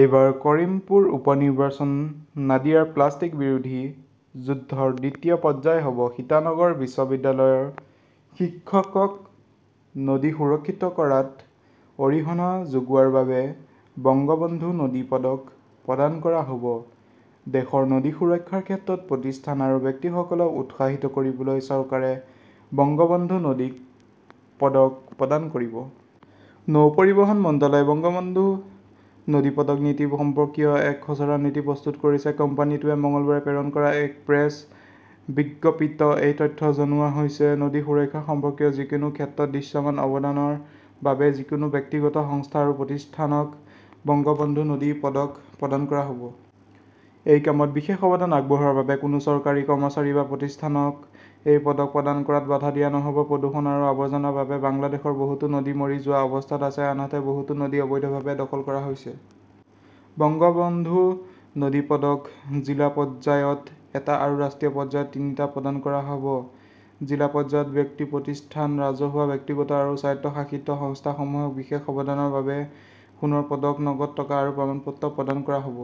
এইবাৰ কৰিমপুৰ উপ-নিৰ্বাচন নাদিয়াৰ প্লাষ্টিক বিৰোধী যুদ্ধৰ দ্বিতীয় পৰ্যায় হ'ব। সীতানগৰ বিদ্যালয়ৰ শিক্ষকক নদী সুৰক্ষিত কৰাত অৰিহণা যোগোৱাৰ বাবে 'বঙ্গবন্ধু নদী পদক 'প্ৰদান কৰা হ'ব। দেশৰ নদী সুৰক্ষাৰ ক্ষেত্ৰত প্ৰতিষ্ঠান আৰু ব্যক্তিসকলক উৎসাহিত কৰিবলৈ চৰকাৰে 'বঙ্গবন্ধু নদী পদক 'প্ৰদান কৰিব। নৌ পৰিবহণ মন্ত্ৰালয়ে 'বঙ্গবন্ধু নদী পদক' নীতি সম্পৰ্কীয় এক খচৰা নীতি প্ৰস্তুত কৰিছে। কোম্পানীটোৱে মঙলবাৰে প্ৰেৰণ কৰা এক প্ৰেছ বিজ্ঞপ্তিত এই তথ্য জনোৱা হৈছে। নদী সুৰক্ষা সম্পৰ্কীয় যিকোনো ক্ষেত্ৰত দৃশ্যমান অৱদানৰ বাবে যিকোনো ব্যক্তিগ ত সংস্থা আৰু প্ৰতিষ্ঠানক 'বঙ্গবন্ধু নদী পদক' প্ৰদান কৰা হ" ব। এই কামত বিশেষ অৱদান আগবঢ়োৱাৰ বাবে কোনো চৰকাৰী কৰ্মচাৰী বা প্ৰতিষ্ঠানক এই পদক প্ৰদান কৰাত বাধা দিয়া নহ 'ব। প্ৰদূষণ আৰু আৱৰ্জনাৰ বাবে বাংলাদেশৰ বহুতো নদী মৰি যোৱা অৱস্থাত আছে, আনহাতে বহুতো নদী অবৈধভাৱে দখল কৰা হৈছে। 'বঙ্গবন্ধু নদী পদক 'জিলা পৰ্যায়ত এটা আৰু ৰাষ্ট্ৰীয় পৰ্যায়ত তিনিটা প্ৰদান কৰা হ'ব। জিলা পৰ্যায়ত ব্যক্তি প্ৰতিষ্ঠান, ৰাজহুৱা, ব্যক্তিগত আৰু স্বায়ত্তশাসিত সংস্থাসমূহক বিশেষ অৱদানৰ বাবে সোণৰ পদক, নগদ টকা আৰু প্ৰমাণপত্ৰ প্ৰদান কৰা হ 'ব।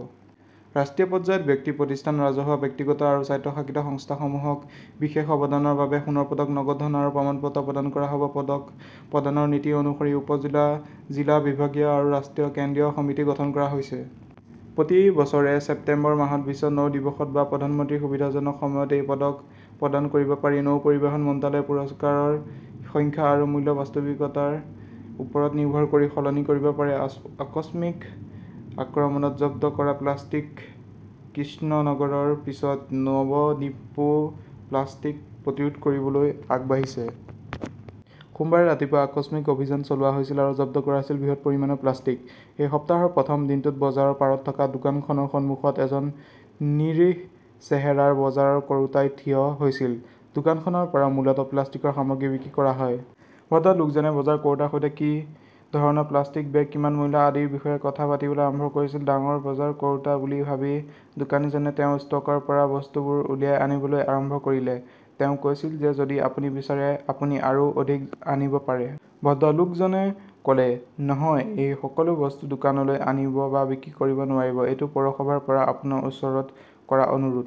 ৰাষ্ট্ৰীয় পৰ্যায়ত ব্যক্তি প্ৰতিষ্ঠান, ৰাজহুৱা, ব্যক্তিগত আৰু স্বায়ত্তশাসিত সংস্থাসমূহক বিশেষ অৱদানৰ বাবে সোনৰ পদক, নগদ ধন আৰু প্ৰমাণপত্ৰ প্ৰদান কৰা হ 'ব। পদক প্ৰদানৰ নীতি অনুসৰি উপ-জিলা, জিলা, বিভাগীয় আৰু ৰাষ্ট্ৰীয় কেন্দ্ৰীয় সমিতি গঠন কৰা হৈছে। প্ৰতি বছৰে ছেপ্টেম্বৰ মাহত বিশ্ব নৌ দিৱসত বা প্ৰধানমন্ত্ৰীৰ সুবিধাজনক সময়ত এই পদক প্ৰদান কৰিব পাৰি। নৌ পৰিবহণ মন্ত্ৰালয়ে পুৰস্কাৰৰ সংখ্যা আৰু মূল্য বাস্তৱিকতাৰ ওপৰত নিৰ্ভৰ কৰি সলনি কৰিব পাৰে। আকস্মিক আক্ৰমণত জব্দ কৰা প্লাষ্টিক কৃষ্ণনগৰৰ পিছত, নৱদ্বীপও প্লাষ্টিক প্ৰতিৰোধ কৰিবলৈ আগবাঢ়িছে। সোমবাৰে ৰাতিপুৱা আকস্মিক অভিযান চলোৱা হৈছিল আৰু জব্দ কৰা হৈছিল বৃহৎ পৰিমাণৰ প্লাষ্টিক। এই সপ্তাহৰ প্ৰথম দিনটোত বজাৰৰ পাৰত থকা দোকানখনৰ সন্মুখত এজন নিৰীহ চেহেৰাৰ বজাৰ কৰোতাই থিয় হৈছিল। দোকানখনৰ পৰা মূলতঃ প্লাষ্টিকৰ সামগ্ৰী বিক্ৰী কৰা হয়। ভদ্ৰলোকজনে বজাৰ কৰোঁতাৰ সৈতে কি ধৰণৰ প্লাষ্টিকৰ বেগ, কিমান মূল্য আদিৰ বিষয়ে কথা পাতিবলৈ আৰম্ভ কৰিছিল। ডাঙৰ বজাৰ কৰোঁতা বুলি ভাবি, দোকানীজনে তেওঁৰ ষ্টকৰ পৰা বস্তুবোৰ উলিয়াই আনিবলৈ আৰম্ভ কৰিলে। তেওঁ কৈছিল যে যদি আপুনি বিচাৰে আপুনি আৰু অধিক আনিব পাৰে। ভদ্ৰলোকজনে কলে ,নহয এই সকলোবোৰ বস্তু দোকানলৈ আনিব বা বিক্ৰী কৰিব নোৱাৰিব। এইটো পৌৰসভাৰ পৰা আপোনাৰ ওচৰত কৰা অনুৰোধ।